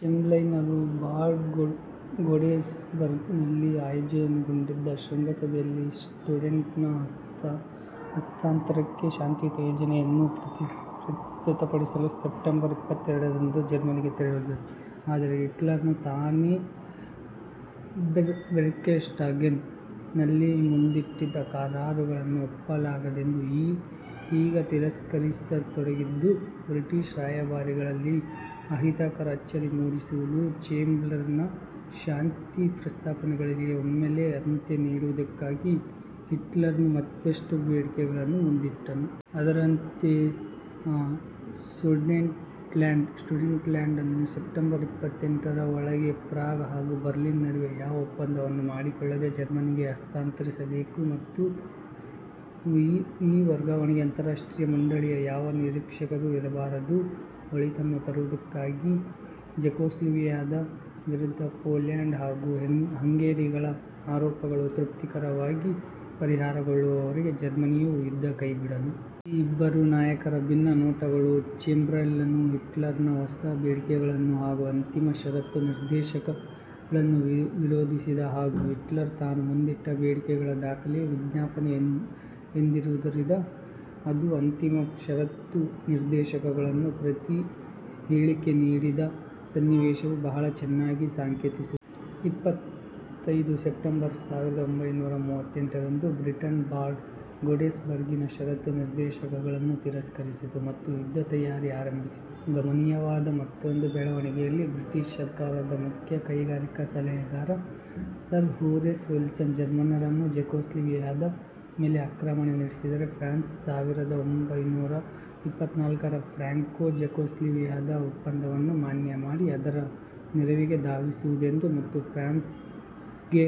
ಚೆಂಬರ್ಲೈನರು Bad Godesberg ನಲ್ಲಿ ಆಯೋಜನೆಗೊಂಡಿದ್ದ ಶೃಂಗಸಭೆಯಲ್ಲಿ ಸುಡೆನ್ಟನ್ ಹಸ್ತಾಂತರಕ್ಕೆ ಶಾಂತಿಯುತ ಯೋಜನೆಯನ್ನು ಪ್ರಸ್ತುತಪಡಿಸಲು ಸೆಪ್ಟೆಂಬರ್ ಇಪ್ಪತ್ತೆರಡರಂದು ಜರ್ಮನಿಗೆ ತೆರಳಿದರು. ಆದರೆ, ಹಿಟ್ಲರನು ತಾನೇ "ಬರ್ಕ್ಟೆಸ್ಗಾಡೆನ್ " ನಲ್ಲಿ ಮುಂದಿಟ್ಟಿದ್ದ ಕರಾರುಗಳನ್ನು ಒಪ್ಪಲಾಗದೆಂದು ಈಗ ತಿರಸ್ಕರಿಸತೊಡಗಿದ್ದು ಬ್ರಿಟಿಷ್ ರಾಯಭಾರಿಗಳಲ್ಲಿ ಅಹಿತಕರ ಅಚ್ಚರಿ ಮೂಡಿಸಿದವು. ಚೆಂಬರ್ಲೈನರ ಶಾಂತಿ ಪ್ರಸ್ತಾಪನೆಗಳಿಗೆ ಒಮ್ಮೆಲೇ ಅಂತ್ಯ ನೀಡುವುದಕ್ಕಾಗಿ ಹಿಟ್ಲರನು ಮತ್ತಷ್ಟು ಬೇಡಿಕೆಗಳನ್ನು ಮುಂದಿಟ್ಟನು. ಅದರಂತೆ- ಸುಡೆನ್ಟೆನ್ಲ್ಯಾಂಡ್ ಅನ್ನು ಸೆಪ್ಟೆಂಬರ್ ಇಪ್ಪತ್ತೆಂಟರ ಒಳಗೆ ಪ್ರಾಗ್ ಹಾಗೂ ಬರ್ಲಿನ್ ನಡುವೆ ಯಾವ ಒಪ್ಪಂದವನ್ನೂ ಮಾಡಿಕೊಳ್ಳದೇ ಜರ್ಮನಿಗೆ ಹಸ್ತಾಂತರಿಸಬೇಕು ಮತ್ತು ಈ ವರ್ಗಾವಣೆಗೆ ಅಂತಾರಾಷ್ಟ್ರೀಯ ಮಂಡಳಿಯ ಯಾವ ನಿರೀಕ್ಷಕರೂ ಇರಬಾರದು; ಒಳಿತನ್ನು ತರುವುದಕ್ಕಾಗಿ, ಝೆಕೋಸ್ಲೋವಾಕಿಯಾದ ವಿರುದ್ಧ ಪೋಲ್ಯಾಂಡ್ ಹಾಗೂ ಹಂಗೆರಿಗಳ ಆರೋಪಗಳು ತೃಪ್ತಿಕರವಾಗಿ ಪರಿಹಾರಗೊಳ್ಳುವವರೆಗೆ ಜರ್ಮನಿಯು ಯುದ್ಧ ಕೈಬಿಡದು. ಈ ಇಬ್ಬರು ನಾಯಕರ ಭಿನ್ನ ನೋಟಗಳು, ಚೆಂಬರ್ಲೈನ್ರು ಹಿಟ್ಲರನ ಹೊಸ ಬೇಡಿಕೆಗಳನ್ನು ಹಾಗೂ ಅಂತಿಮ ಷರತ್ತು ನಿರ್ದೇಶಕಗಳನ್ನು ವಿರೋಧಿಸಿದ, ಹಾಗೂ ಹಿಟ್ಲರನು ತಾನು ಮುಂದಿಟ್ಟ ಬೇಡಿಕೆಗಳ ದಾಖಲೆಯು "ವಿಜ್ಞಾಪನೆ" ಎಂದಿರುವುದರಿದ ಅದು ಅಂತಿಮ ಷರತ್ತು ನಿರ್ದೇಶಕಗಳನ್ನು ಪ್ರತಿ ಹೇಳಿಕೆ ನೀಡಿದ ಸನ್ನಿವೇಶವು ಬಹಳ ಚೆನ್ನಾಗಿ ಸಾಂಕೇತಿಸುತ್ತದೆ. ಇಪ್ಪತ್ತೈದು ಸೆಪ್ಟೆಂಬರ್ ಸಾವಿರದ ಒಂಭೈನೂರ ಮೂವತ್ತೆಂಟರಂದು ಬ್ರಿಟನ್, ಬಾಡ್ ಗೋಡೆಸ್ಬರ್ಗಿನ ಷರತ್ತು ನಿರ್ದೇಶಕಗಳನ್ನು ತಿರಸ್ಕರಿಸಿತು ಮತ್ತು ಯುದ್ಧ ತಯಾರಿಯನ್ನು ಆರಂಭಿಸಿತು. ಗಮನೀಯವಾದ ಮತ್ತೊಂದು ಬೆಳವಣಿಗೆಯಲ್ಲಿ, ಬ್ರಿಟಿಷ್ ಸರ್ಕಾರದ ಮುಖ್ಯ ಕೈಗಾರಿಕಾ ಸಲಹೆಗಾರ ಸರ್ ಹೊರೇಸ್ ವಿಲ್ಸನ್, ಜರ್ಮನ್ನರು ಝೆಕೋಸ್ಲೋವಾಕಿಯಾದ ಮೇಲೆ ಆಕ್ರಮಣ ನಡೆಸಿದರೆ, ಫ್ರಾನ್ಸ್ ಸಾವಿರದ ಒಂಭೈನೂರ ಇಪ್ಪತ್ನಾಲ್ಕರ ಫ್ರಾಂಕೋ ಝೆಕೋಸ್ಲೋವಾಕ್ ಒಪ್ಪಂದವನ್ನು ಮಾನ್ಯ ಮಾಡಿ, ಅದರ ನೆರವಿಗೆ ಧಾವಿಸುವುದೆಂದೂ, ಮತ್ತು "ಫ್ರಾನ್ ಸ್ಗೆ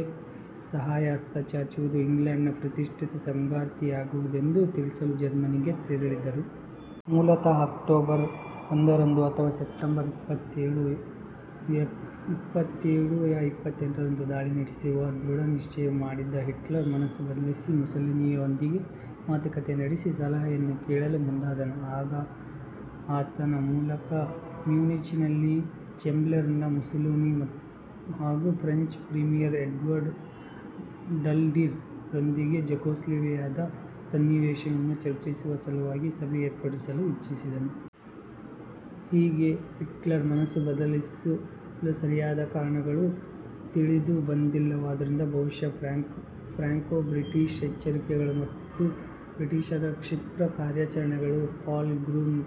ಸಹಾಯಹಸ್ತ ಚಾಚುವುದು ಇಂಗ್ಲೆಂಡಿನ ಪ್ರತಿಷ್ಠೆಯ ಸಂಗತಿಯಾಗುವುದೆಂದೂ" ತಿಳಿಸಲು ಜರ್ಮನಿಗೆ ತೆರಳಿದರು. ಮೂಲತಃ ಅಕ್ಟೋಬರ್ ಒಂದರಂದು ಅಥವಾ ಸೆಪ್ಟೆಂಬರ್ ಇಪ್ಪತ್ತೇಳು ಯಾ ಇಪ್ಪತ್ತೆಂಟರಂದು ದಾಳಿ ನಡೆಸುವ ಧೃಢ ನಿಶ್ಚಯ ಮಾಡಿದ್ದ ಹಿಟ್ಲರ್, ಮನಸ್ಸು ಬದಲಿಸಿ, ಮುಸೋಲಿನಿಯೊಂದಿಗೆ ಮಾತುಕಥೆ ನಡೆಸಿ ಸಲಹೆಯನ್ನು ಕೇಳಲು ಮುಂದಾದನು ಹಾಗೂ ಆತನ ಮೂಲಕ ಮ್ಯೂನಿಚ್ನಲ್ಲಿ ಚೇಂಬರ್ಲೈನ್, ಮುಸೋಲಿನಿ ಹಾಗೂ ಫ್ರೆಂಚ್ ಪ್ರೀಮಿಯರ್ ಎಡ್ವರ್ಡ್ ಡಲಡೀರ್ ರೊಂದಿಗೆ ಝೆಕೋಸ್ಲೋವಾಕಿಯಾದ ಸನ್ನಿವೇಶವನ್ನು ಚರ್ಚಿಸುವ ಸಲುವಾಗಿ ಸಭೆ ಏರ್ಪಡಿಸಲು ಇಚ್ಚಿಸಿದನು. ಹೀಗೆ ಹಿಟ್ಲರ್ ಮನಸ್ಸು ಬದಲಿಸಲು ಸರಿಯಾದ ಕಾರಣಗಳು ತಿಳಿದು ಬಂದಿಲ್ಲವಾದರೂ ಬಹುಶಃ ಫ್ರಾಂಕೋ ಬ್ರಿಟಿಷ್ ಎಚ್ಚರಿಕೆಗಳು ಮತ್ತು ಬ್ರಿಟಿಷರ ಕ್ಷಿಪ್ರ ಕಾರ್ಯಾಚರಣೆಗಳು "ಫಾಲ್ ಗ್ರ್ಯೂನ್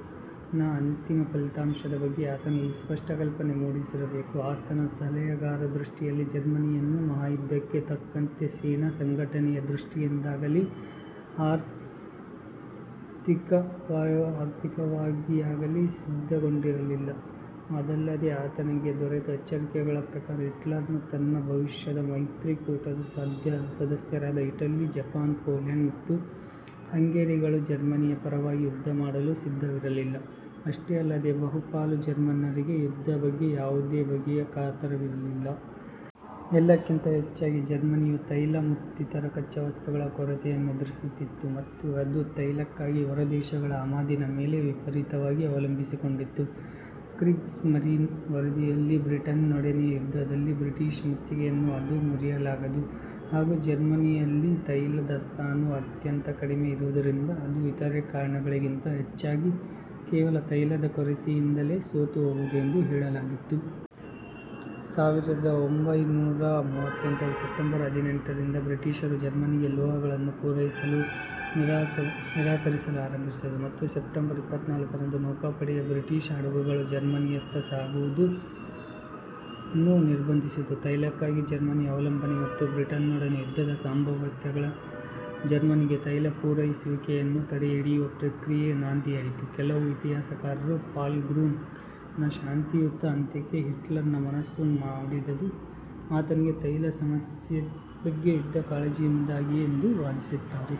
" ನ ಅಂತಿಮ ಫಲಿತಾಂಶದ ಬಗ್ಗೆ ಆತನಲ್ಲಿ ಸ್ಪಷ್ಟ ಕಲ್ಪನೆ ಮೂಡಿಸಿರಬೇಕು. ಆತನ ಸಲಹೆಗಾರರ ದೃಷ್ಟಿಯಲ್ಲಿ ಜರ್ಮನಿಯಿನ್ನೂ ಮಹಾಯುದ್ಧಕ್ಕೆ ತಕ್ಕಂತೆ ಸೇನಾ ಸಂಘಟನೆಯ ದೃಷ್ಟಿಯಿಂದಲಾಗಲೀ ಆರ್ಥಿಕವಾಗಿಯಾಗಲೀ ಸಿದ್ಧಗೊಂಡಿರಲಿಲ್ಲ; ಅದಲ್ಲದೆ ಆತನಿಗೆ ದೊರೆತ ಎಚ್ಚರಿಕೆಗಳ ಪ್ರಕಾರ ಹಿಟ್ಲರನು ತನ್ನ ಭವಿಷ್ಯದ ಮೈತ್ರಿಕೂಟದ ಸದಸ್ಯರಾದ ಇಟಲಿ, ಜಪಾನ್, ಪೋಲ್ಯಾಂಡ್ ಮತ್ತು ಹಂಗೆರಿಗಳು ಜರ್ಮನಿಯ ಪರವಾಗಿ ಯುದ್ಧ ಮಾಡಲು ಸಿದ್ಧವಿರಲಿಲ್ಲ; ಅಷ್ಟೇ ಅಲ್ಲದೆ, ಬಹುಪಾಲು ಜರ್ಮನ್ನರಿಗೆ ಯುದ್ಧದ ಬಗ್ಗೆ ಯಾವುದೇ ಬಗೆಯ ಕಾತರವಿರಲಿಲ್ಲ. ಎಲ್ಲಕ್ಕಿಂತ ಹೆಚ್ಚಾಗಿ, ಜರ್ಮನಿಯು ತೈಲ ಮತ್ತಿತರ ಕಚ್ಚಾವಸ್ತುಗಳ ಕೊರತೆಯನ್ನೆದುರಿಸುತ್ತಿತ್ತು, ಮತ್ತು ಅದು ತೈಲಕ್ಕಾಗಿ ಹೊರದೇಶಗಳ ಆಮದಿನ ಮೇಲೆ ವಿಪರೀತವಾಗಿ ಅವಲಂಬಿಸಿಕೊಂಡಿತ್ತು. "ಕ್ರೀಗ್ ಸ್ಮರಿನ್ " ವರದಿಯಲ್ಲಿ, ಬ್ರಿಟನ್ನಿನೊಡನೆಯ ಯುದ್ಧದಲ್ಲಿ ಬ್ರಿಟಿಷ್ ಮುತ್ತಿಗೆಯನ್ನು ಅದು ಮುರಿಯಲಾಗದು, ಹಾಗೂ ಜರ್ಮನಿಯಲ್ಲಿ ತೈಲ ದಾಸ್ತಾನು ಅತ್ಯಂತ ಕಡಿಮೆ ಇರುವುದರಿಂದ ಅದು ಇತರೆಲ್ಲ ಕಾರಣಗಳಿಗಿಂತ ಹೆಚ್ಚಾಗಿ ಕೇವಲ ತೈಲದ ಕೊರತೆಯಿಂದಲೇ ಸೋತು ಹೋಗುವುದು ಎಂದು ಹೇಳಲಾಗಿತ್ತು. ಸಾವಿರದ ಒಂಭೈನೂರ ಮೂವತ್ತೆಂಟರ ಸೆಪ್ಟೆಂಬರ್ ಹದಿನೆಂಟರಿಂದ ಬ್ರಿಟಿಷರು ಜರ್ಮನಿಗೆ ಲೋಹಗಳನ್ನು ಪೂರೈಸಲು ನಿರಾಕರಿಸಲಾರಂಭಿಸಿದರು, ಮತ್ತು ಸೆಪ್ಟೆಂಬರ್ ಇಪ್ಪತ್ನಾಲ್ಕರಂದು ನೌಕಾಪಡೆಯು ಬ್ರಿಟಿಷ್ ಹಡಗುಗಳು ಜರ್ಮನಿಯತ್ತ ಸಾಗುವುದನ್ನು ನಿರ್ಬಂಧಿಸಿತು. ತೈಲಕ್ಕಾಗಿ ಜರ್ಮನಿಯ ಅವಲಂಬನೆ, ಮತ್ತು ಬ್ರಿಟನ್ನಿನೊಡನೆ ಯುದ್ಧದ ಸಂಭಾವ್ಯತೆಗಳು ಜರ್ಮನಿಗೆ ತೈಲ ಪೂರೈಸುವಿಕೆಯನ್ನು ತಡೆಹಿಡಿಯುವ ಪ್ರಕ್ರಿಯೆಗೆ ನಾಂದಿಯಾಯಿತು. ಕೆಲವು ಇತಿಹಾಸಕಾರರು, "ಫಾಲ್ ಗ್ರ್ಯೂನ್" ನ ಶಾಂತಿಯುತ ಅಂತ್ಯಕ್ಕೆ ಹಿಟ್ಲರ್ ಮನಸು ಮಾಡಿದುದು ಆತನಿಗೆ ತೈಲ ಸಮಸ್ಯೆಯ ಬಗ್ಗೆ ಇದ್ದ ಕಾಳಜಿಯಿಂದಾಗಿಯೇ ಎಂದು ವಾದಿಸುತ್ತಾರೆ.